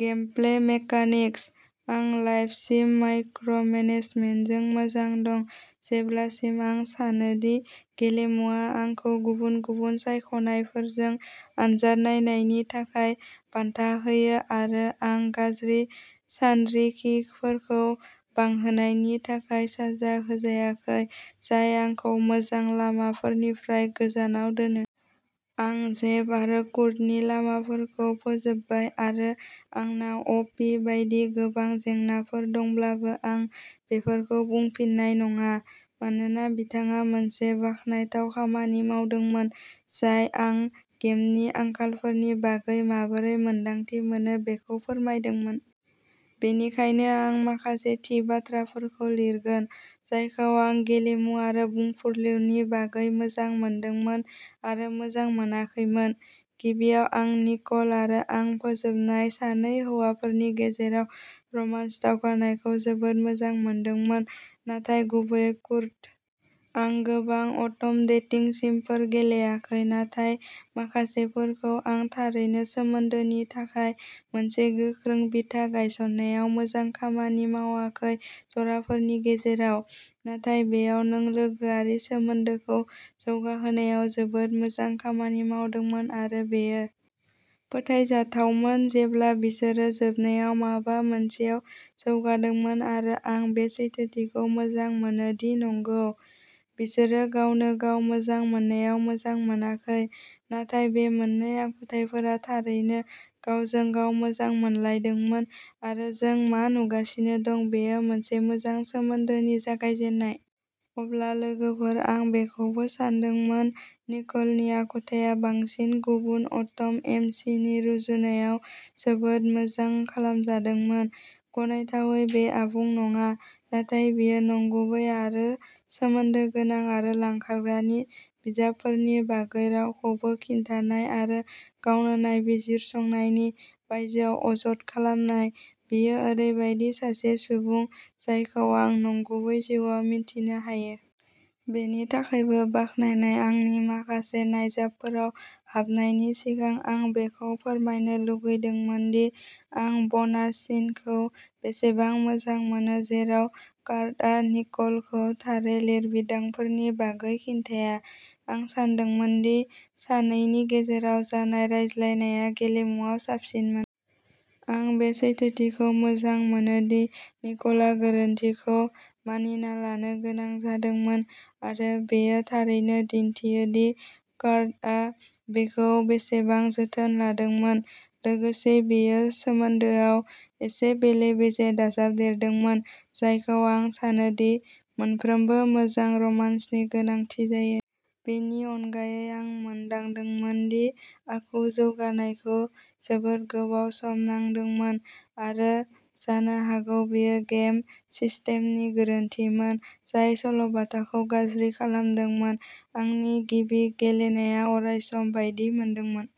Gameplay mechanics. आं life sim micro' मेनेजमेन्टजों मोजां दं जेब्लासिम आं सानो दि गेलेमुआ आंखौ गुबुन गुबुन सायख'नायफोरजों आनजाद नायनायनि थाखाय बान्था होयो आरो आं गाज्रि सानरिखिफोरखौ बांहोनायनि थाखाय साजा होजायाखै जाय आंखौ मोजां लामाफोरनिफ्राय गोजानाव दोनो। आं जेफ आरो कुर्टनि लामाफोरखौ फोजोबबाय आरो आंनाव अ पि बायदि गोबां जेंनाफोर दंब्लाबो आं बेफोरखौ बुंफिननाय नङा मानोना बिथाङा मोनसे बाखनायथाव खामानि मावदोंमोन जाय आं गेमनि आंखालफोरनि बागै माबोरै मोन्दांथि मोनो बेखौ फोरमायदोंमोन। बेनिखायनो आं माखासे थि बाथ्राफोरखौ लिरगोन जायखौ आं गेलेमु आरो बुंफुरलुनि बागै मोजां मोनदोंमोन आरो मोजां मोनाखैमोन। गिबियाव आं निक'ल आरो आं फोजोबनाय सानै हौवाफोरनि गेजेराव रमान्स दावगानायखौ जोबोद मोजां मोनदोंमोन नाथाय गुबैयै कुर्ट। आं गोबां अट'म डेटिं सिमफोर गेलेयाखै, नाथाय माखासेफोरखौ आं थारैनो सोमोन्दोनि थाखाय मोनसे गोख्रों बिथा गायसननायाव मोजां खामानि मावाखै जराफोरनि गेजेराव। नाथाय बेयाव नों लोगोआरि सोमोन्दोखौ जौगाहोनायाव जोबोद मोजां खामानि मावदोंमोन आरो बेयो फोथायजाथावमोन जेब्ला बिसोरो जोबनायाव माबा मोनसेयाव जौगादोंमोन आरो आं बे सैथोथिखौ मोजां मोनो दि नंगौ बिसोरो गावनो गाव मोजां मोननायाव मोजां मोनाखै नाथाय बे मोन्नै आखुथाइफोरा थारैनो गावजों गाव मोजां मोनलायदोंमोन आरो जों मा नुगासिनो दं बेयो मोनसे मोजां सोमोन्दोनि जागायजेन्नाय। अब्ला लोगोफोर! आं बेखौबो सानदोंमोन निकोलनि आखुथाया बांसिन गुबुन अट'म एम सि नि रुजुनायाव जोबोद मोजां खालामजादोंमोन। गनायथावै बियो आबुं नङा, नाथाय बियो नंगुबै आरो सोमोन्दो गोनां आरो लांखारग्रानि बिजाबफोरनि बागै रावखौबो खिन्थानाय आरो गावनो नायबिजिरसंनायनि बायजोआव अजद खालामनाय, बियो ओरैबायदि सासे सुबुं जायखौ आं नंगुबै जिउआव मिन्थिनो हायो। बेनि थाखायबो बाख्नायनाय आंनि माखासे नायजाबफोराव हाबनायनि सिगां आं बेखौ फोरमायनो लुगैदोंमोन दि आं ब'नास सिनखौ बेसेबां मोजां मोनो जेराव कार्टआ निक'लखौ थारै लिरबिदांफोरनि बागै खिन्थिया। आं सानदोंमोन दि सानैनि गेजेराव जानाय रायज्लायनाया गेलेमुआव साबसिनमोन। आं बे सैथोथिखौ मोजां मोनो दि निक'लआ गोरोन्थिखौ मानिना लानो गोनां जादोंमोन आरो बेयो थारैनो दिन्थियो दि कार्टआ बिखौ बेसेबां जोथोन लादोंमोन। लोगोसे बेयो सोमोन्दोआव एसे बेले-बेजे दाजाबदेरदोंमोन, जायखौ आं सानो दि मोनफ्रोमबो मोजां रमान्सनि गोनांथि जायो। बेनि अनगायै आं मोनदांदोंमोन दि आखु जौगानायखौ जोबोद गोबाव सम नांदोंमोन आरो जानो हागौ बेयो गेम सिस्टेमनि गोरोन्थिमोन जाय सल'बाथाखौ गाज्रि खालामदोंमोन। आंनि गिबि गेलेनाया अरायसम बायदि मोनदोंमोन।